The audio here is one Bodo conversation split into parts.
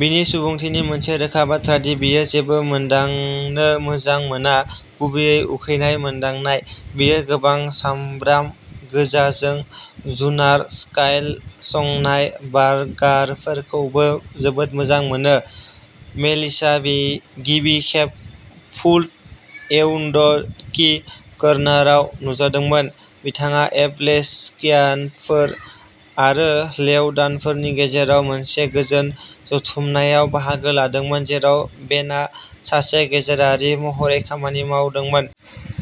बिनि सुबुंथिनि मोनसे रोखा बाथ्रा दि बियो जेबो मोनदांनो मोजां मोना, गुबैयै उखैनाय मोनदांनाय। बियो गोबां सामब्राम गोजाजों जुनार-स्टाइल संनाय बार्गारफोरखौबो जोबोद मोजां मोनो। मेलिसआ गिबि खेब फुड एराउन्ड दि कर्नारआव नुजादोंमोन। बिथाङा एप'प्लेक्सियानफोर आरो लेव'डानफोरनि गेजेराव मोनसे गोजोन जथुमनायाव बाहागो लादोंमोन, जेराव बेनआ सासे गेजेरारि महरै खामानि मावदोंमोन।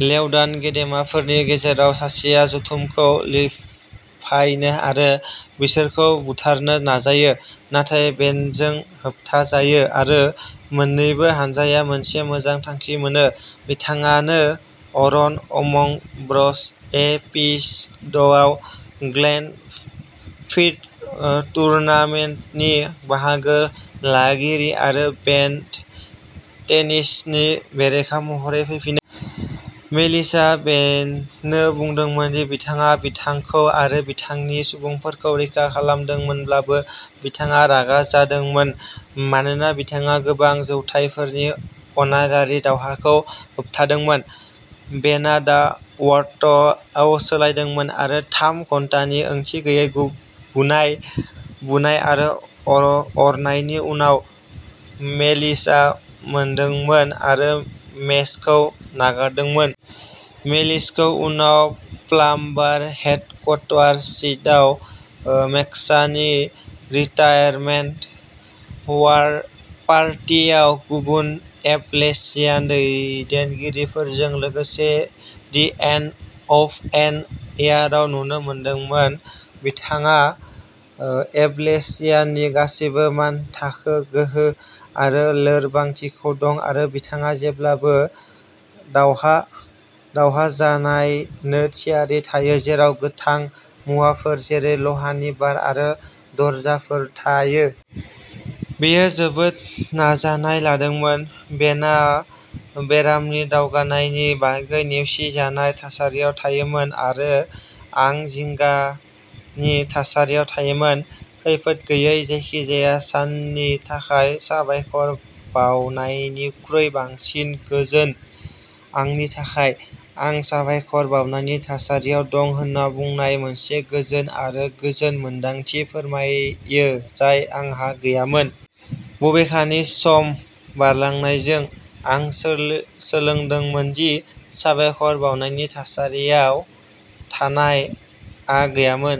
लेव'डान गेदेमाफोरनि गेजेराव सासेया जथुमखौ लिफायनो आरो बिसोरखौ बुथारनो नाजायो। नाथाय बेनजों होबथाजायो, आरो मोन्नैबो हानजाया मोनसे गोजोन थांखि मोनो। बिथाङा नो अन'र अमंग ब्र'स एपिस'डआव गल्डेन फिस्ट टुर्नामेन्टनि बाहागो लागिरि आरो बेन टेनिसननि बेरेखा महरै फैफिनो। मेलिसआ बेननो बुंदोंमोन दि बिथाङा बिथांखौ आरो बिथांनि सुबुंफोरखौ रैखा खालामदोंमोनब्लाबो, बिथाङा रागा जादोंमोन मानोना बिथाङा गोबां जौथाइफोरनि अनागारि दावहाखौ होबथादोंमोन। बेनआ दा वर्स्टआव सोलायदोंमोन, आरो थाम घन्टानि ओंथि गैयै बुनाय, बुनाय आरो अरनायनि उनाव, मेलिसआ मोदोंमोन आरो मेचखौ नागारदोंमोन। मेलिसखौ उनाव प्लाम्बार हेडक्वार्टार्सआव मेक्सनि रिटायारमेन्ट पलार पार्टियाव गुबुन एप'प्लेक्सियान दैदेनगिरिफोरजों लोगोसे दि एन्ड अफ एन इरायाव नुनो मोनदोंमोन। बिथांहा एप'प्लेक्सियाननि गासैबो मानथाखो गोहो आरो लोरबांथिफोर दं आरो बिथाङा जेब्लाबो दावहा जानायनो थियारि थायो, जेराव गोथां मुवाफोर जेरै लहानि बार आरो दरजाफोर थायो। बेयो जोबोद नाजानाय लादोंमोन। बेनआ बेरामनि दावगानायनि बागै नेवसिजानाय थासारियाव थायोमोन, आरो आं जिंगानि थासारियाव थायोमोन, खैफोद गैयै जायखिजाया साननि थाखाय साबायखर बावनायनिख्रुइ बांसिन गोजोन। आंनि थाखाय, आं साबायखर बावनायनि थासारियाव दं होन्ना बुंनाया मोनसे गोजोन आरो गोजोन मोन्दांथि फोरमायो जाय आंहा गैयामोन। बबेखानि, सम बारलांनायजों, आं सो-सोलोंदोंमोन दि" साबायखर बावनायनि थासारियाव थानाय "आ गैयामोन।